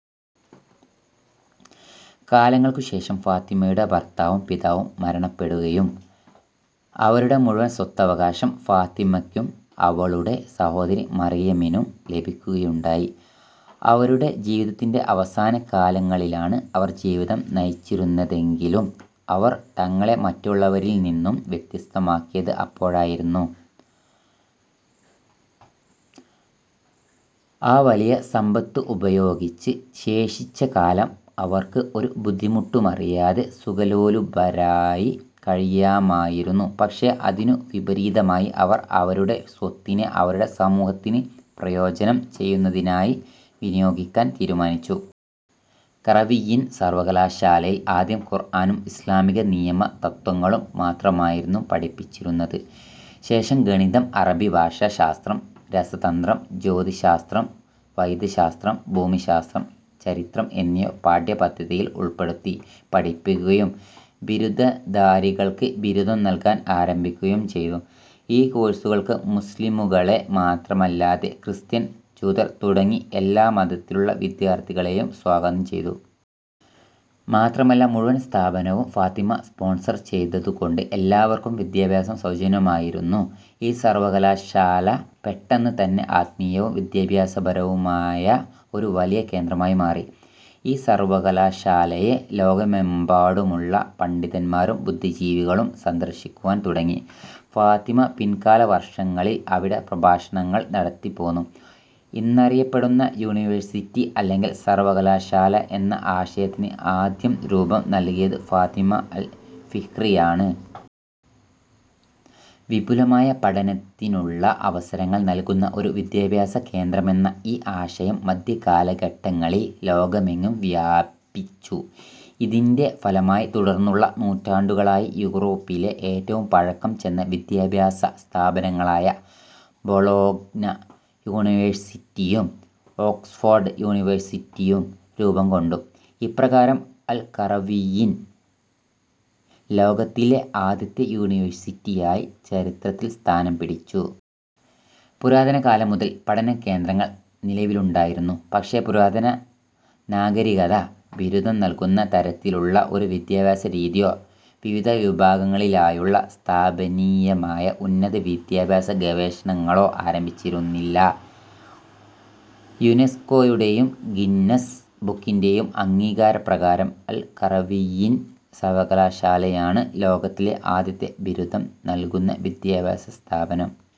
കാലങ്ങൾക്കു ശേഷം ഫാത്തിമ്മയുടെ ഭർത്താവും പിതാവും മരണപ്പെടുകയും അവരുടെ മുഴുവൻ സ്വത്തവകാശം ഫാത്തിമ്മക്കും അവളുടെ സഹോദരി മറിയമിനും ലഭിക്കുകയുണ്ടായി. അവരുടെ ജീവിതത്തിന്റെ അവസാന കാലങ്ങളിലാണ് അവർ ജീവിതം നയിച്ചിരുന്നതെങ്കിലും അവർ തങ്ങളെ മറ്റുള്ളവരിൽ നിന്നും വ്യത്യസ്തമാക്കിയത് അപ്പോഴായിരുന്നു. ആ വലിയ സമ്പത്ത് ഉപയോഗിച്ച് ശേഷിച്ച കാലം അവർക്ക് ഒരു ബുദ്ധിമുട്ടുമറിയാതെ സുഖലോലുപരായി കഴിയാമായിരുന്നു പക്ഷെ അതിനു വിപരീതമായി അവർ അവരുടെ സ്വത്തിനെ അവരുടെ സമൂഹത്തിന് പ്രയോജനം ചെയ്യുന്നതിനായി വിനിയോഗിക്കാൻ തീരുമാനിച്ചു. ഖറവിയ്യിൻ സർവ്വകലാശാലയിൽ ആദ്യം ഖുർആനും ഇസ്ലാമിക നിയമ തത്വങ്ങളും മാത്രമായിരുന്നു പഠിപ്പിച്ചിരുന്നത്. ശേഷം ഗണിതം, അറബി ഭാഷാ ശാസ്ത്രം, രസതന്ത്രം, ജ്യോതിശാസ്ത്രം, വൈദ്യശാസ്ത്രം, ഭൂമിശാസ്ത്രം, ചരിത്രം എന്നിവ പാഠ്യപദ്ധതിയിൽ ഉൾപ്പെടുത്തി പഠിപ്പിക്കുകയും ബിരുദധാരികൾക്ക് ബിരുദം നൽകാൻ ആരംഭിക്കുകയും ചെയ്തു. ഈ കോഴ്സുകൾക്ക് മുസ്ലിമുകളെ മാത്രമല്ലാതെ ക്രിസ്ത്യർ, ജൂതർ തുടങ്ങി എല്ലാ മതത്തിലുള്ള വിദ്യാർത്ഥികളെയും സ്വാഗതം ചെയ്തു. മാത്രമല്ല മുഴുവൻ സ്ഥാപനവും ഫാത്തിമ സ്പോൺസർ ചെയ്തതുകൊണ്ട് എല്ലാവർക്കും വിദ്യാഭ്യാസം സൗജന്യമായിരുന്നു. ഈ സർവകലാശാല പെട്ടെന്ന് തന്നെ ആത്മീയവും വിദ്യാഭ്യാസപരവുമായ ഒരു വലിയ കേന്ദ്രമായി മാറി. ഈ സർവകലാശാലയെ ലോകമെമ്പാടുമുള്ള പണ്ഡിതന്മാരും ബുദ്ധിജീവികളും സന്ദർശിക്കുവാൻ തുടങ്ങി. ഫാത്തിമ പിൽക്കാല വർഷങ്ങളിൽ അവിടെ പ്രഭാഷണങ്ങൾ നടത്തിപൊന്നു. ഇന്നറിയപ്പെടുന്ന യൂണിവേഴ്സിറ്റി അല്ലെങ്കിൽ സർവ്വകലാശാല എന്ന ആശയത്തിന് ആദ്യം രൂപം നൽകിയത് ഫാത്തിമ അൽ ഫിഹ്രിയാണ്. വിപുലമായ പഠനത്തിനുള്ള അവസരങ്ങൾ നൽകുന്ന ഒരു വിദ്യാഭ്യാസ കേന്ദ്രമെന്ന ഈ ആശയം മധ്യകാലഘട്ടങ്ങളിൽ ലോകമെങ്ങും വ്യാപിച്ചു. ഇതിന്റെ ഫലമായി തുടർന്നുള്ള നൂറ്റാണ്ടുകളായി യൂറോപ്പിലെ ഏറ്റവും പഴക്കം ചെന്ന വിദ്യാഭ്യാസ സ്ഥാപനങ്ങളായ ബൊളോഗ്ന യൂണിവേഴ്സിറ്റിയും ഓക്സ്ഫോർഡ് യൂണിവേഴ്സിറ്റിയും രൂപം കൊണ്ടു. ഇപ്രകാരം അൽ ഖറവിയ്യിൻ ലോകത്തിലെ ആദ്യത്തെ യൂണിവേഴ്സിറ്റിയായി ചരിത്രത്തിൽ സ്ഥാനം പിടിച്ചു. പുരാതന കാലം മുതൽ പഠന കേന്ദ്രങ്ങൾ നിലവിലുണ്ടായിരുന്നു, പക്ഷെ പുരാതന നാഗരികത ബിരുദം നൽകുന്ന തരത്തിലുള്ള ഒരു വിദ്യാഭ്യാസ രീതിയോ വിവിധ വിഭാഗങ്ങളിലായുള്ള സ്ഥാപനീയമായ ഉന്നത വിദ്യാഭ്യാസ ഗവേഷണങ്ങളോ ആരംഭിച്ചിരുന്നില്ല. യുനെസ്കോയുടെയും ഗിന്നസ് ബുക്കിന്റെയും അംഗീകാര പ്രകാരം അൽ ഖറവിയ്യിൻ സർവകലാശാലയാണ് ലോകത്തിലെ ആദ്യത്തെ ബിരുദം നൽകുന്ന വിദ്യാഭ്യാസ സ്ഥാപനം.